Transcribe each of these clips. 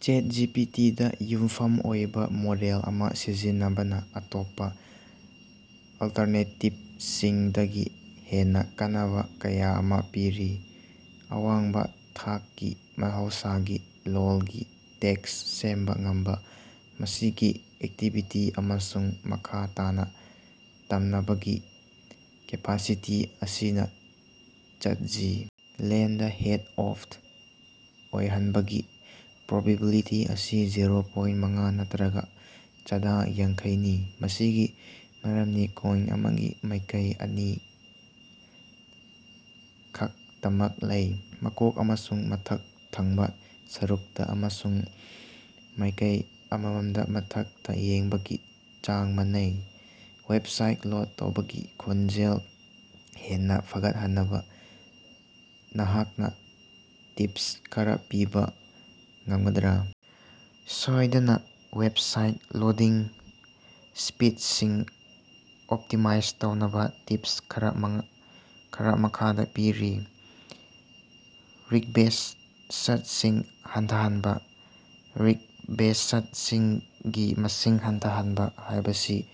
ꯆꯥꯠ G P. T. ꯗ ꯌꯨꯝꯐꯝ ꯑꯣꯏꯕ ꯃꯣꯗꯦꯜ ꯑꯃ ꯁꯤꯖꯤꯟꯅꯕꯅ ꯑꯇꯣꯞꯄ ꯑꯜꯇꯔꯅꯦꯇꯤꯚꯁꯤꯡꯗꯒꯤ ꯍꯦꯟꯅ ꯀꯥꯟꯅꯕ ꯀꯌꯥ ꯑꯃ ꯄꯤꯔꯤ꯫ ꯑꯋꯥꯡꯕ ꯊꯥꯛꯀꯤ ꯃꯍꯧꯁꯥꯒꯤ ꯂꯣꯜꯒꯤ ꯇꯦꯛꯁ ꯁꯦꯝꯕ ꯉꯝꯕ, ꯃꯁꯤꯒꯤ ꯑꯦꯛꯇꯤꯕꯤꯇꯤ, ꯑꯃꯁꯨꯡ ꯃꯈꯥ ꯇꯥꯅ ꯇꯝꯅꯕꯒꯤ ꯀꯦꯄꯥꯁꯤꯇꯤ ꯑꯁꯤꯅ chat G. Land head of ꯑꯣꯏꯍꯟꯕꯒꯤ ꯄ꯭ꯔꯣꯕꯤꯕꯤꯂꯤꯇꯤ ꯑꯁꯤ ꯖꯦꯔꯣ ꯄꯣꯏꯟ ꯃꯉꯥ ꯅꯠꯇꯔꯒ ꯆꯥꯗ ꯌꯥꯡꯈꯩꯅꯤ꯫ ꯃꯁꯤꯒꯤ ꯃꯔꯝꯗꯤ ꯀꯣꯏꯟ ꯑꯃꯒꯤ ꯃꯥꯏꯀꯩ ꯑꯅꯤ ꯈꯛꯇꯃꯛ ꯂꯩ, ꯃꯀꯣꯛ ꯑꯃꯁꯨꯡ ꯃꯊꯛ ꯊꯪꯕ ꯁꯔꯨꯛꯇ, ꯑꯃꯁꯨꯡ ꯃꯥꯏꯀꯩ ꯑꯃꯃꯝꯗ ꯃꯊꯛꯇ ꯌꯦꯡꯕꯒꯤ ꯆꯥꯡ ꯃꯥꯟꯅꯩ꯫ ꯋꯦꯕꯁꯥꯏꯠ ꯂꯣꯗ ꯇꯧꯕꯒꯤ ꯈꯣꯡꯖꯦꯜ ꯍꯦꯟꯅ ꯐꯒꯠꯍꯟꯅꯕ ꯅꯍꯥꯛꯅ ꯇꯤꯄꯁ ꯈꯔ ꯄꯤꯕ ꯉꯝꯒꯗ꯭ꯔꯥ? ꯁꯣꯏꯗꯅ, ꯋꯦꯕꯁꯥꯏꯠ ꯂꯣꯗꯤꯡ ꯁ꯭ꯄꯤꯗꯁꯤꯡ ꯑꯣꯞꯇꯤꯃꯥꯏꯖ ꯇꯧꯅꯕ ꯇꯤꯞꯁ ꯈꯔꯥ ꯃꯈꯥꯗ ꯄꯤꯔꯤ: ꯔꯤꯛꯕ꯭ꯦꯁꯠꯁꯤꯡ ꯍꯟꯊꯍꯟꯕ: ꯔꯤꯛꯕ꯭ꯦꯁꯠꯁꯤꯡꯒꯤ ꯃꯁꯤꯡ ꯍꯟꯊꯍꯟꯕ ꯍꯥꯏꯕꯁꯤ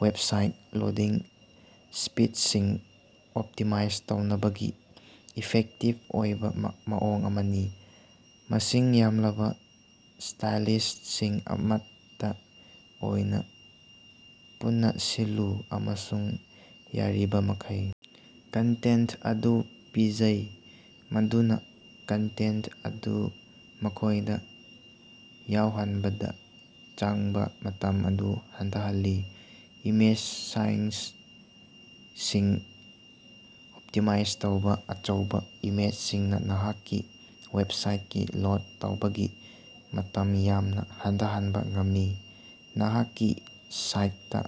ꯋꯦꯕꯁꯥꯏꯠ ꯂꯣꯗꯤꯡ ꯁ꯭ꯄꯤꯗꯁꯤꯡ ꯑꯣꯞꯇꯤꯃꯥꯏꯖ ꯇꯧꯅꯕꯒꯤ ꯏꯐꯦꯛꯇꯤꯚ ꯑꯣꯏꯕ ꯃꯑꯣꯡ ꯑꯃꯅꯤ꯫ ꯃꯁꯤꯡ ꯌꯥꯝꯂꯕ ꯁ꯭ꯇꯥꯏꯜꯁꯤꯠꯁꯤꯡ ꯑꯃꯠꯇ ꯑꯣꯏꯅ ꯄꯨꯅꯁꯤꯜꯂꯨ ꯑꯃꯁꯨꯡ ꯌꯥꯔꯤꯕꯃꯈꯩ ꯀꯟꯇꯦꯟꯠ ꯑꯗꯨ ꯄꯤꯖꯩ, ꯃꯗꯨꯅ ꯀꯟꯇꯦꯟꯠ ꯑꯗꯨ ꯃꯈꯣꯏꯗ ꯌꯧꯍꯟꯕꯗ ꯆꯪꯕ ꯃꯇꯝ ꯑꯗꯨ ꯍꯟꯊꯍꯜꯂꯤ꯫ ꯏꯃꯦꯖ ꯁꯥꯏꯖꯁꯤꯡ ꯑꯣꯞꯇꯤꯃꯥꯏꯖ ꯇꯧꯕꯥ: ꯑꯆꯧꯕ ꯏꯃꯦꯖꯁꯤꯡꯅ ꯅꯍꯥꯛꯀꯤ ꯋꯦꯕꯁꯥꯏꯠꯀꯤ ꯂꯣꯗ ꯇꯧꯕꯒꯤ ꯃꯇꯝ ꯌꯥꯝꯅ ꯍꯟꯊꯍꯟꯕ ꯉꯝꯃꯤ꯫ ꯅꯍꯥꯛꯀꯤ ꯁꯥꯏꯠꯇ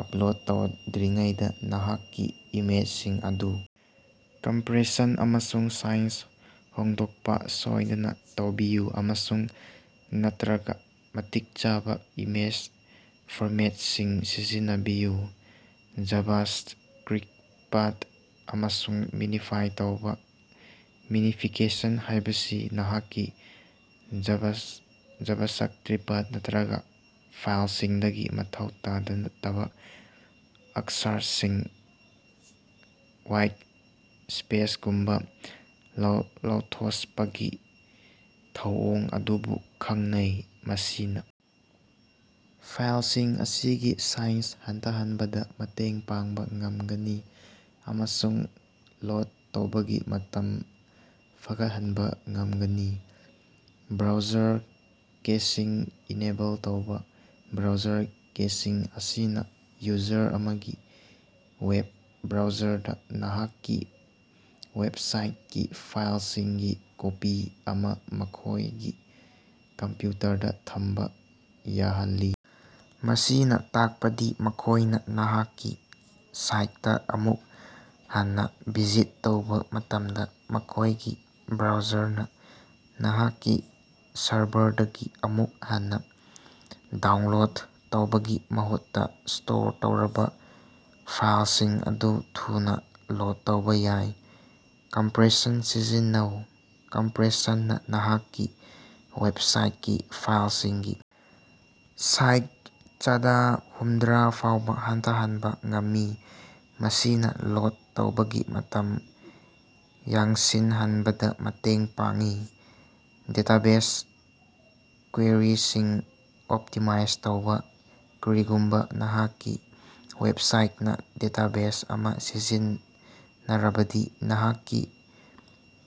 ꯑꯞꯂꯣꯗ ꯇꯧꯗ꯭ꯔꯤꯉꯩꯗ ꯅꯍꯥꯛꯀꯤ ꯏꯃꯦꯖꯁꯤꯡ ꯑꯗꯨ ꯀꯝꯄ꯭ꯔꯦꯁꯟ ꯑꯃꯁꯨꯡ ꯁꯥꯏꯖ ꯍꯣꯡꯗꯣꯛꯄ ꯁꯣꯏꯗꯅ ꯇꯧꯕꯤꯌꯨ, ꯑꯃꯁꯨꯡ ꯅꯠꯇꯔꯒ ꯃꯇꯤꯛ ꯆꯥꯕ ꯏꯃꯦꯖ ꯐꯣꯔꯃꯦꯠꯁꯤꯡ ꯁꯤꯖꯤꯟꯅꯕꯤꯌꯨ꯫ ꯖꯥꯚꯥꯁ꯭ꯀꯔꯤꯞꯠ, ꯑꯃꯁꯨꯡ ꯃꯤꯅꯤꯐꯥꯏ ꯇꯧꯕꯥ: ꯃꯤꯅꯤꯐꯤꯀꯦꯁꯟ ꯍꯥꯏꯕꯁꯤ ꯅꯍꯥꯛꯀꯤ, ꯖꯥꯚꯥꯁ꯭ꯛꯔꯤꯞꯠ ꯅꯠꯇꯔꯒ ꯐꯥꯏꯜꯁꯤꯡꯗꯒꯤ ꯃꯊꯧ ꯇꯥꯗꯕ ꯑꯛꯁꯔꯁꯤꯡ (ꯋꯥꯏꯠ ꯁ꯭ꯄꯦꯁꯒꯨꯝꯕꯥ) ꯂꯧꯊꯣꯖꯄꯒꯤ ꯊꯧꯑꯣꯡ ꯑꯗꯨꯕꯨ ꯈꯪꯅꯩ꯫ ꯃꯁꯤꯅ ꯐꯥꯏꯜꯁꯤꯡ ꯑꯁꯤꯒꯤ ꯁꯥꯏꯖ ꯍꯟꯊꯍꯟꯕꯗ ꯃꯇꯦꯡ ꯄꯥꯡꯕ ꯉꯝꯒꯅꯤ ꯑꯃꯁꯨꯡ ꯂꯣꯗ ꯇꯧꯕꯒꯤ ꯃꯇꯝ ꯐꯒꯠꯍꯟꯕ ꯉꯝꯒꯅꯤ꯫ ꯕ꯭ꯔꯥꯎꯖꯔ ꯀꯦꯁꯤꯡ ꯏꯅꯦꯕꯜ ꯇꯧꯕꯥ: ꯕ꯭ꯔꯥꯎꯖꯔ ꯀꯦꯁꯤꯡ ꯑꯁꯤꯅ ꯌꯨꯖꯔ ꯑꯃꯒꯤ ꯋꯦꯕ ꯕ꯭ꯔꯥꯎꯖꯔꯗ ꯅꯍꯥꯛꯀꯤ ꯋꯦꯕꯁꯥꯏꯠꯀꯤ ꯐꯥꯏꯜꯁꯤꯡꯒꯤ ꯀꯣꯄꯤ ꯑꯃ ꯃꯈꯣꯏꯒꯤ ꯀꯝꯄ꯭ꯌꯨꯇꯔꯗ ꯊꯝꯕ ꯌꯥꯍꯜꯂꯤ꯫ ꯃꯁꯤꯅ ꯇꯥꯛꯄꯗꯤ ꯃꯈꯣꯏꯅ ꯅꯍꯥꯛꯀꯤ ꯁꯥꯏꯠꯇ ꯑꯃꯨꯛ ꯍꯟꯅ ꯚꯤꯖꯤꯠ ꯇꯧꯕꯥ ꯃꯇꯝꯗ, ꯃꯈꯣꯏꯒꯤ ꯕ꯭ꯔꯥꯎꯖꯔꯅ ꯅꯍꯥꯛꯀꯤ ꯁꯔꯚꯔꯗꯒꯤ ꯑꯃꯨꯛ ꯍꯟꯅ ꯗꯥꯎꯟꯂꯣꯗ ꯇꯧꯕꯒꯤ ꯃꯍꯨꯠꯇ ꯁ꯭ꯇꯣꯔ ꯇꯧꯔꯕ ꯐꯥꯏꯜꯁꯤꯡ ꯑꯗꯨ ꯊꯨꯅ ꯂꯣꯗ ꯇꯧꯕꯥ ꯌꯥꯏ꯫ ꯀꯝꯄ꯭ꯔꯦꯁꯟ ꯁꯤꯖꯤꯟꯅꯧ: ꯀꯝꯄ꯭ꯔꯦꯁꯟꯅ ꯅꯍꯥꯛꯀꯤ ꯋꯦꯕꯁꯥꯏꯠꯀꯤ ꯐꯥꯏꯜꯁꯤꯡꯒꯤ ꯁꯥꯏꯖ ꯆꯥꯗ ꯍꯨꯝꯗꯔꯥ ꯐꯥꯎꯕ ꯍꯟꯊꯍꯟꯕ ꯉꯝꯃꯤ, ꯃꯁꯤꯅ ꯂꯣꯗ ꯇꯧꯕꯒꯤ ꯃꯇꯝ ꯌꯥꯡꯁꯤꯟꯍꯟꯕꯗ ꯃꯇꯦꯡ ꯄꯥꯡꯏ꯫ ꯗꯦꯇꯥꯕꯦꯖ ꯀ꯭ꯋꯦꯔꯤꯁꯤꯡ ꯑꯣꯞꯇꯤꯃꯥꯏꯖ ꯇꯧꯕꯥ: ꯀꯔꯤꯒꯨꯝꯕ ꯅꯍꯥꯛꯀꯤ ꯋꯦꯕꯁꯥꯏꯠꯅ ꯗꯦꯇꯥꯕꯦꯖ ꯑꯃ ꯁꯤꯖꯤꯟꯅꯔꯕꯗꯤ, ꯅꯍꯥꯛꯀꯤ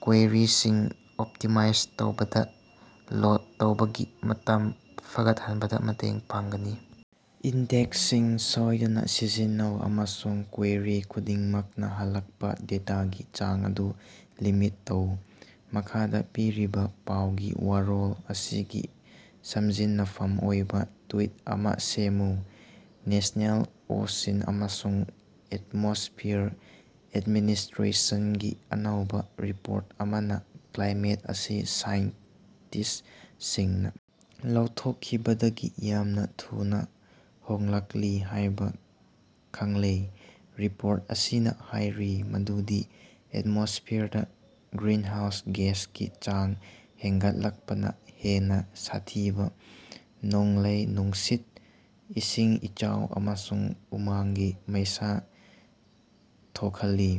ꯀ꯭ꯋꯦꯔꯤꯁꯤꯡ ꯑꯣꯞꯇꯤꯃꯥꯏꯖ ꯇꯧꯕꯅ ꯂꯣꯗ ꯇꯧꯕꯒꯤ ꯃꯇꯝ ꯐꯒꯠꯍꯟꯕꯗ ꯃꯇꯦꯡ ꯄꯥꯡꯒꯅꯤ꯫ ꯏꯟꯗꯦꯛꯁꯁꯤꯡ ꯁꯣꯏꯗꯅ ꯁꯤꯖꯤꯟꯅꯧ, ꯑꯃꯁꯨꯡ ꯀ꯭ꯋꯦꯔꯤ ꯈꯨꯗꯤꯡꯃꯛꯅ ꯍꯜꯂꯛꯄ ꯗꯦꯇꯥꯒꯤ ꯆꯥꯡ ꯑꯗꯨ ꯂꯤꯃꯤꯠ ꯇꯧ꯫ ꯃꯈꯥꯗ ꯄꯤꯔꯤꯕ ꯄꯥꯎꯒꯤ ꯋꯥꯔꯣꯜ ꯑꯁꯤꯒꯤ ꯁꯝꯖꯤꯟꯅꯐꯝ ꯑꯣꯏꯕ ꯇ꯭ꯋꯤꯠ ꯑꯃ ꯁꯦꯝꯃꯨ꯫ ꯅꯦꯁ꯭ꯅꯦꯜ ꯑꯣꯁꯤꯟ ꯑꯃꯁꯨꯡ ꯑꯦꯠꯃꯣꯁ꯭ꯐꯤꯌꯔ ꯑꯦꯗꯃꯤꯅꯤꯁ꯭ꯇꯔꯦꯁꯟꯒꯤ ꯑꯅꯧꯕ ꯔꯤꯄꯣꯔꯠ ꯑꯃꯅ ꯀ꯭ꯂꯥꯏꯃꯦꯠ ꯑꯁꯤ ꯁꯥꯏꯟꯇ꯭ꯤꯁꯠꯁꯤꯡꯅ ꯂꯥꯎꯊꯣꯛꯈꯤꯕꯗꯒꯤ ꯌꯥꯝꯅ ꯊꯨꯅꯥ ꯍꯣꯡꯂꯛꯂꯤ ꯍꯥꯏꯕ ꯈꯪꯂꯦ꯫ ꯔꯤꯄꯣꯔꯠ ꯑꯁꯤꯅ ꯍꯥꯏꯔꯤ ꯃꯗꯨꯗꯤ ꯑꯦꯠꯃꯣꯁ꯭ꯐꯤꯌꯔꯗ ꯒ꯭ꯔꯤꯟꯍꯥꯎꯁ ꯒ꯭ꯌꯥꯁꯀꯤ ꯆꯥꯡ ꯍꯦꯡꯒꯠꯂꯛꯄꯅ ꯍꯦꯟꯅ ꯁꯥꯊꯤꯕ ꯅꯣꯡꯂꯩ-ꯅꯨꯡꯁꯤꯠ, ꯏꯁꯤꯡ ꯏꯆꯥꯎ ꯑꯃꯁꯨꯡ ꯎꯃꯪꯒꯤ ꯃꯩꯁꯥ ꯊꯣꯛꯍꯜꯂꯤ꯫